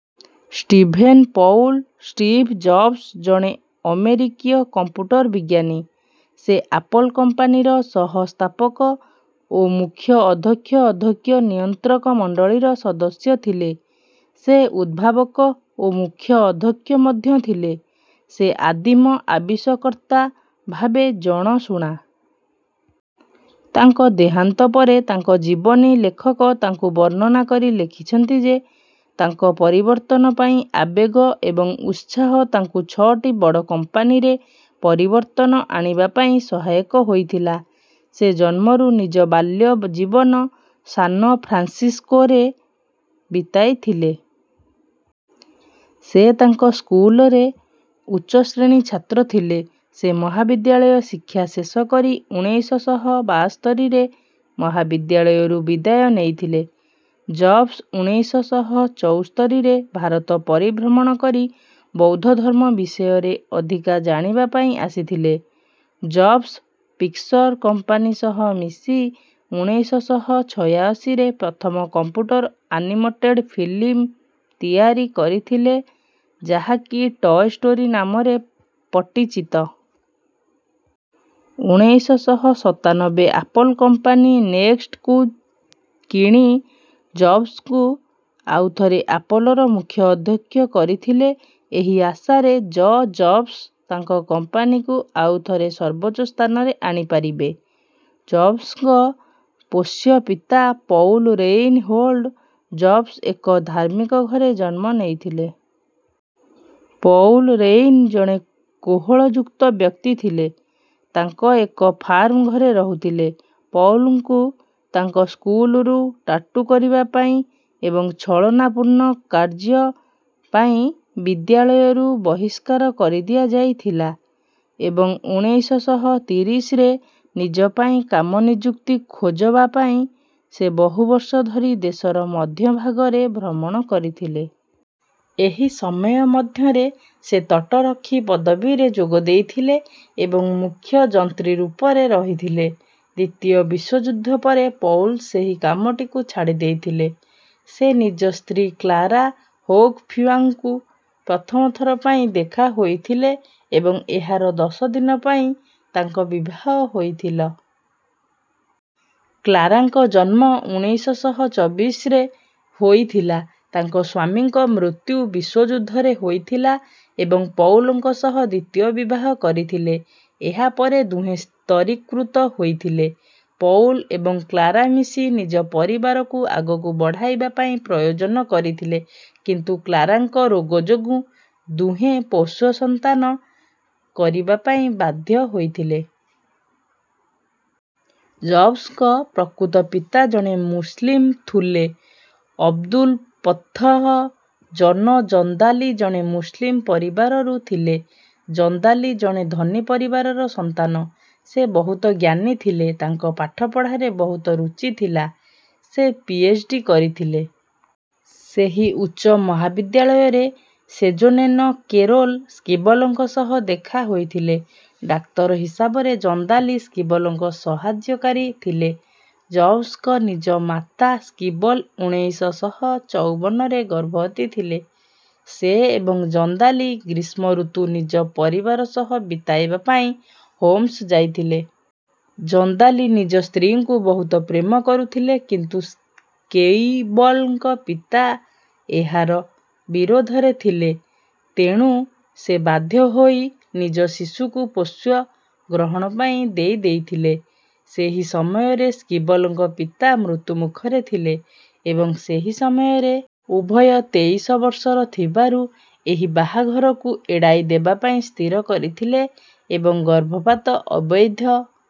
Steven Paul Steve Jobs ଜଣେ ଅମେରିକୀୟ computer ବିଜ୍ଞାନୀ। ସେ ଆପଲ କମ୍ପାନୀର ସହ ସ୍ଥାପକ ଓ ମୁଖ୍ୟ ଅଦ୍ଧକ୍ଷ ଅଦ୍ଧକ୍ଷ ନିୟଂତ୍ରକ ମଣ୍ଡଳିର ସଦସ୍ୟ ଥିଲେ। ସେ. ଉଦ୍ଭାବକ ଓ ମୁଖ୍ୟ ଅଧକ୍ଷ ମଧ୍ୟ ଥିଲେ। ସେ ଆଦିମ ଆବିଷକର୍ତା ଭାବେ ଜଣଶୁଣା। ତାଙ୍କ ଦେହାନ୍ତ ପରେ ତାଙ୍କ ଜୀବନୀ ଲେଖକ ତାଙ୍କୁ ବର୍ଣ୍ଣନା କରି ଲେଖିଛନ୍ତି ଯେ ତାଙ୍କ ପରିବର୍ତନ ପାଇଁ ଆବେଗ ଏବଂ ଉତ୍ସାହ ତାଙ୍କୁ ଛଅଟି ବଡ କମ୍ପାନୀରେ ପରିବର୍ତନ ଆଣିବା ପାଇଁ ସହାୟକ ହୋଇଥିଲା। ସେ ଜନ୍ମରୁ ନିଜ ବାଲ୍ୟ ଜୀବନ ସାନ ଫ୍ରାନ୍ସିସ୍କୋ ରେ ବିତାଇ ଥିଲେ। ସେ ତାଙ୍କ ସ୍କୁଲରେ ଉଚ୍ଚ ଶ୍ରେଣୀ ଛାତ୍ର ଥିଲେ। ସେ ମହାବିଦ୍ୟାଳୟ ଶିକ୍ଷା ଶେଷ କରି ଉଣେଇଶ ଶହ ବାସ୍ତରୀରେ ମହାବିଦ୍ୟାଳୟରୁ ବିଦାୟ ନେଇଥିଲେ। ଜବ୍ସ ଉଣେଇଶ ଶହ ଚଉସ୍ତରୀରେ ଭାରତ ପରିଭ୍ରମଣ କରି ବୋୖଦ୍ଧଧର୍ମ ବିଷୟରେ ଅଧିକା ଜାଣିବା ପାଇଁ ଆସିଥିଲେ। ଜବ୍ସ ପିକ୍ସର କମ୍ପାନୀ ସହ ମିଶି ଉଣେଇଶ ଶହ ଛୟାଅଶୀରେ ପ୍ରଥମ କମ୍ପୁଟର ଆନିମଟେଡ଼ ଫିଲ୍ମ ତିଆରି କରିଥିଲେଯାହା କି ଟଏ ଷ୍ଟୋରି ନାମରେ ପଟିଚିତ। ଉଣେଇଶ ଶହ ସତାନବେ ଆପଲ କମ୍ପାନୀ ନେକ୍ସଟ୍ କୁ କିଣି ଜବ୍ସଙ୍କୁ ଆଉ ଥରେ ଆପଲର ମୁଖ୍ୟ ଅଧକ୍ଷ କରିଥିଲେ, ଏହି ଆଶାରେ ଯ ଜବ୍ସ ତାଙ୍କ କମ୍ପାନୀକୁ ଆଉ ଥରେ ସର୍ବୋଚ୍ଚ ସ୍ଥାନରେ ଆଣି ପାରିବେ। ଜବ୍ସଙ୍କ ପୋଷ୍ୟ ପିତା ପୌଲ ରେଇନ ହୋଲ୍ଡ଼ ଜବ୍ସ ଏକ ଧାର୍ମିକ ଘରେ ଜନ୍ମ ନେଇଥିଲେ। ପୌଲ ରେଇନ ଜଣେ କୋହଳଯୁକ୍ତ ବ୍ୟକ୍ତି ଥିଲେ। ତାଙ୍କ ଏକ ଫାର୍ମଘରେ ରହୁଥିଲେ। ପୌଲଙ୍କୁ ତାଙ୍କ ସ୍କୁଲରୁ ଟାଟୁ କରିବା ପାଇଁ ଏବଂ ଛଳନା ପୂର୍ଣ କାର୍ୟ୍ଯ ପାଇଁ ବିଦ୍ୟାଳୟରୁ ବହିଷ୍କାର କରିଦିଆ ଯାଇଥିଲା ଏବଂ ଉଣେଇଶ ଶହ ତିରିଶରେ ନିଜ ପାଇଁ କାମ ନିଯୁକ୍ତି ଖୋଜବା ପାଇଁ ସେ ବହୁ ବର୍ଷ ଧରି ଦେଶର ମଧ୍ୟ ଭାଗରେ ଭ୍ରମଣ କରିଥିଲେ। ଏହି ସମୟ ମଧ୍ୟରେ ସେ ତଟରକ୍ଷୀ ପଦବୀରେ ଯୋଗ ଦେଇଥିଲେ ଏବଂ ମୁଖ୍ୟ ଯନ୍ତ୍ରୀ ରୂପରେ ରହିଥିଲେ। ଦ୍ୱିତୀୟ ବିଶ୍ୱ ଯୁଦ୍ଧ ପରେ ପୌଲ ସେହି କାମ ଟିକୁ ଛାଡି ଦେଇଥିଲେ। ସେ ନିଜ ସ୍ତ୍ରୀ କ୍ଳାରା ହୋଗଫିୱାଂଙ୍କୁ ପ୍ରଥମ ଥର ପାଇଁ ଦେଖା ହୋଇଥିଲେ ଏବଂ ଏହାର ଦଶ ଦିନ ପାଇଁ ତାଙ୍କ ବିବାହ ହୋଇଥିଲ। କ୍ଳାରାଙ୍କ ଜନ୍ମ ଉଣେଇଶ ଶହ ଚବିଶରେ ହୋଇ ଥିଲା। ତାଙ୍କ ସ୍ୱାମୀଙ୍କ ମୃତ୍ୟୁ ବିଶ୍ୱଯୁଦ୍ଧରେ ହୋଇଥିଲା ଏବଂ ପୌଲଙ୍କ ସହ ଦ୍ୱିତୀୟ ବିବାହ କରିଥିଲେ। ଏହାପରେ ଦୁହେଁ ସ୍ଥରୀକୃତ ହୋଇଥିଲେ। ପୌଲ ଏବଂ କ୍ଳାରା ମିଶି ନିଜ ପରିବାରକୁ ଆଗକୁ ବଢାଇବା ପାଇଁ ପ୍ରୟୋଜନ କରିଥିଲେ କିନ୍ତୁ କ୍ଳାରାଙ୍କ ରୋଗ ଯୋଗୁଁ ଦୁହେଁ ପୋଷ୍ୟ ସନ୍ତାନ କରିବା ପାଇଁ ବାଧ୍ୟ ହୋଇଥିଲେ। ଜବ୍ସଙ୍କ ପ୍ରକୃତ ପିତା ଜଣେ ମୁସଲିମ ଥୁଲେ। ଅବଦୁଲ ପତ୍ଥହ ଜନ ଜନ୍ଦାଲି ଜଣେ ମୁସଲିମ ପରିବାରରୁ ଥିଲେ। ଜନ୍ଦାଲି ଜଣେ ଧନୀ ପରିବାରର ସନ୍ତାନ। ସେ ବହୁତ ଜ୍ଞାନୀ ଥିଲେ। ତାଙ୍କ ପାଠପଢ଼ାରେ ବହୁତ ରୁଚି ଥିଲା। ସେ ପି. ଏଚ. ଡି କରିଥିଲେ। ସେହି ଉଚ୍ଚ ମହାବିଦ୍ୟାଳୟରେ ସେଯୋନେନ କେରୋଲ ସ୍କିବଲ ଙ୍କ ସହ ଦେଖା ହୋଇଥିଲେ। ଡାକ୍ତର ହିସାବରେ ଜନ୍ଦାଲି ସ୍କିବଲଙ୍କ ସହାଯ୍ୟକାରୀ ଥିଲେ। ଜବ୍ସଙ୍କ ନିଜ ମାତା ସ୍କିବଲ ଉଣେଇଶ ଶହ ଚଉବନରେ ଗର୍ଭବତୀ ଥିଲେ। ସେ ଏବଂ ଜନ୍ଦାଲି ଗ୍ରୀଷ୍ମୠତୁ ନିଜ ପରିବାର ସହ ବିତାଇବା ପାଇଁ ହୋମ୍ସ ଯାଇଥିଲେ। ଜନ୍ଦାଲି ନିଜ ସ୍ତ୍ରୀଙ୍କୁ ବହୁତ ପ୍ରେମ କରୁଥିଲେ କିନ୍ତୁ ସ୍କେୱିବଲଙ୍କ ପିତା ଏହାର ବିରୋଧରେ ଥିଲେ। ତେଣୁ ସେ ବାଧ୍ୟ ହୋଇ ନିଜ ଶିଶୁକୁ ପୋଷ୍ୟ ଗ୍ରହଣ ପାଇଁ ଦେଇ ଦେଇଥିଲେ। ସେହି ସମୟରେ ସ୍କିବଲଙ୍କ ପିତା ମୃତ୍ୟୁ ମୁଖରେ ଥିଲେ। ଏବଂ ସେହି ସମୟରେ ଉଭୟ ତେଇଶ ବର୍ଷର ଥିବାରୁ ଏହି ବାହାଘରକୁ ଏଡାଇ ଦେବା ପାଇଁ ସ୍ଥିର କରିଥିଲେ ଏବଂ ଗର୍ଭପାତ ଅବୈଧ